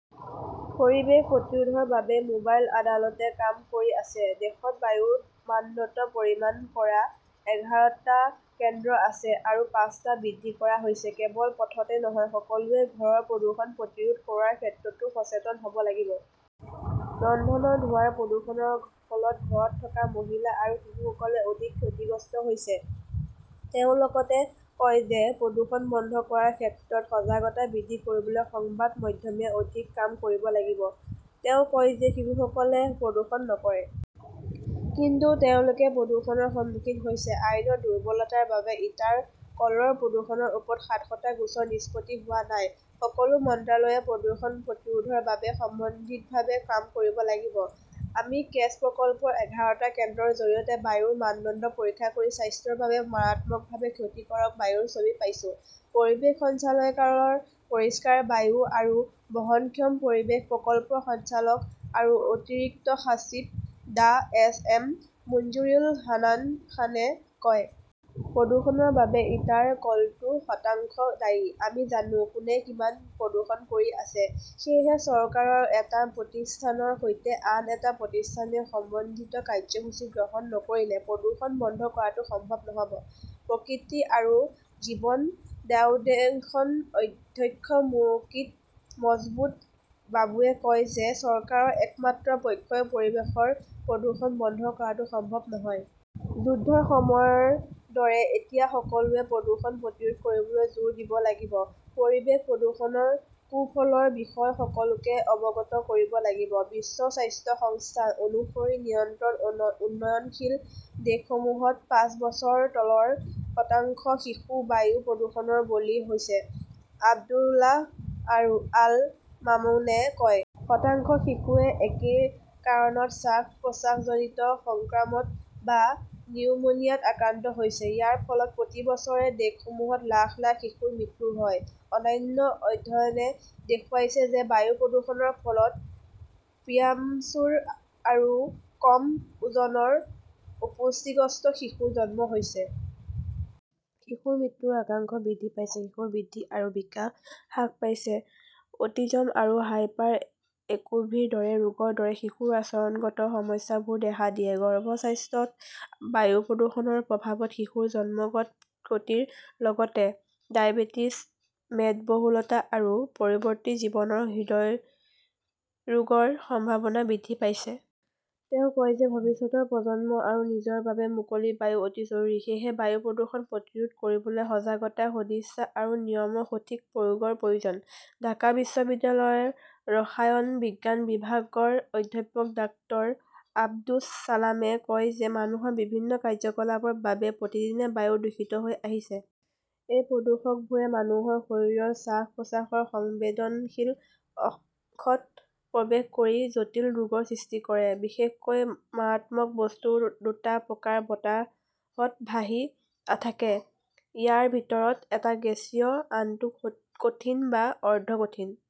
পৰিৱেশ প্ৰতিৰোধৰ বাবে মোবাইল আদালতে কাম কৰি আছে। দেশত বায়ুৰ মানদণ্ড পৰিমাপ কৰা এঘাৰটা কেন্দ্ৰ আছে। আৰু পাঁচটা বৃদ্ধি কৰা হৈছে। কেৱল পথতে নহয়, সকলোৱে ঘৰৰ প্ৰদূষণ প্ৰতিৰোধ কৰাৰ ক্ষেত্ৰতো সচেতন হ'ব লাগিব। ৰন্ধনৰ ধোঁৱাৰ প্ৰদূষণৰ ফলত ঘৰত থকা মহিলা আৰু শিশুসকল অধিক ক্ষতিগ্ৰস্ত হৈছে। তেওঁ লগতে কয় যে প্ৰদূষণ বন্ধ কৰাৰ ক্ষেত্ৰত সজাগতা বৃদ্ধি কৰিবলৈ সংবাদ মাধ্যমে অধিক কাম কৰিব লাগিব। তেওঁ কয় যে শিশুসকলে প্ৰদূষণ নকৰে। কিন্তু তেওঁলোকে প্ৰদূষণৰ সন্মুখীন হৈছে। আইনৰ দুৰ্বলতাৰ বাবে ইটাৰ কলৰ প্ৰদূষণৰ ওপৰত সাতশটা গোচৰ নিষ্পত্তি হোৱা নাই। সকলো মন্ত্ৰালয়ে প্ৰদূষণ প্ৰতিৰোধৰ বাবে সমন্বিতভাৱে কাম কৰিব লাগিব। আমি কেছ প্ৰকল্পৰ এঘাৰটা কেন্দ্ৰৰ জৰিয়তে বায়ুৰ মানদণ্ড পৰীক্ষা কৰি স্বাস্থ্যৰ বাবে মাৰাত্মকভাৱে ক্ষতিকাৰক বায়ুৰ ছবি পাইছো, পৰিৱেশ সঞ্চালকালয়ৰ পৰিষ্কাৰ বায়ু আৰু বহনক্ষম পৰিৱেশ প্ৰকল্পৰ সঞ্চালক আৰু অতিৰিক্ত সচিব ডাঃ এছ এম মুঞ্জুৰুল হান্নান খানে কয়। প্ৰদূষণৰ বাবে ইটাৰ কলটো শতাংশ দায়ী। আমি জানো কোনে কিমান প্ৰদূষণ কৰি আছে। সেয়েহে চৰকাৰৰ এটা প্ৰতিষ্ঠানৰ সৈতে আন এটা প্ৰতিষ্ঠানে সমন্বিত কাৰ্যসূচী গ্ৰহণ নকৰিলে প্ৰদূষণ বন্ধ কৰাটো সম্ভৱ নহ'ব। প্ৰকৃতি আৰু জীৱন ফাউণ্ডেশ্যনৰ অধ্যক্ষ মুকিত মজমুদ্ৰ বাবুৱে কয় যে চৰকাৰৰ একমাত্ৰ পক্ষই পৰিৱেশৰ প্ৰদূষণ বন্ধ কৰাটো সম্ভৱ নহয়। যুদ্ধৰ সময়ৰ দৰে এতিয়া সকলোৱে প্ৰদূষণ প্ৰতিৰোধ কৰিবলৈ জোৰ দিব লাগিব। পৰিৱেশ প্ৰদূষণৰ কুফলৰ বিষয়ে সকলোকে অৱগত কৰিব লাগিব। বিশ্ব স্বাস্থ্য সংস্থা অনুসৰি নিম্ন উন্নয়নশীল দেশসমূহত পাঁচ বছৰৰ তলৰ শতাংশ শিশু বায়ু প্ৰদূষণৰ বলি হৈছে, আব্দুল্লাহ আল মামুনে কয়। শতাংশ শিশুৱে একে কাৰণত শ্বাস প্ৰশ্বাসজনিত সংক্ৰমণ বা নিউমোনিয়াত আক্ৰান্ত হৈছে। ইয়াৰ ফলত প্ৰতি বছৰে দেশসমূহত লাখ লাখ শিশুৰ মৃত্যু হয়। অন্যান্য অধ্যয়নে দেখুৱাইছে যে বায়ু প্ৰদূষণৰ ফলত প্ৰিম্যাচুৰ আৰু কম ওজনৰ অপুষ্টিগ্ৰস্ত শিশুৰ জন্ম হৈছে। শিশুৰ মৃত্যুৰ আশংকা বৃদ্ধি পাইছে। শিশুৰ বুদ্ধি আৰু বিকাশ হ্ৰাস পাইছে। অটিজম আৰু হাইপাৰ এক্যুভিৰ দৰে ৰোগৰ দৰে শিশুৰ আচৰণগত সমস্যাবোৰো দেখা দিয়ে। গৰ্ভাৱস্থাত বায়ু প্ৰদূষণৰ প্ৰভাৱত শিশুৰ জন্মগত ত্ৰুটিৰ লগতে ডায়েবেটিছ, মেদবহুলতা আৰু পৰৱৰ্তী জীৱনত হৃদৰোগৰ সম্ভাৱনা বৃদ্ধি পাইছে। তেওঁ কয় যে ভৱিষ্যতৰ প্ৰজন্ম আৰু নিজৰ বাবে মুকলি বায়ু অতি জৰুৰী। সেয়েহে বায়ু প্ৰদূষণ প্ৰতিৰোধ কৰিবলৈ সজাগতা, সদিচ্ছা আৰু নিয়মৰ সঠিক প্ৰয়োগৰ প্ৰয়োজন। ঢাকা বিশ্ববিদ্যালয়ৰ ৰসায়ন বিজ্ঞান বিভাগৰ অধ্যাপক ডাঃ আব্দুছ ছালামে কয় যে মানুহৰ বিভিন্ন কাৰ্যকলাপৰ বাবে প্ৰতিদিনে বায়ু দূষিত হৈ আহিছে। এই প্ৰদূষকবোৰে মানুহৰ শৰীৰৰ শ্বাস প্ৰশ্বাসৰ সংবেদনশীল অংশত প্ৰৱেশ কৰি জটিল ৰোগৰ সৃষ্টি কৰে। বিশেষকৈ মাৰাত্মক বস্তুৰ দুটা প্ৰকাৰ বতাহত ভাহি থাকে। ইয়াৰ ভিতৰত এটা গেছীয়, আনটো কঠিন বা অৰ্ধ কঠিন।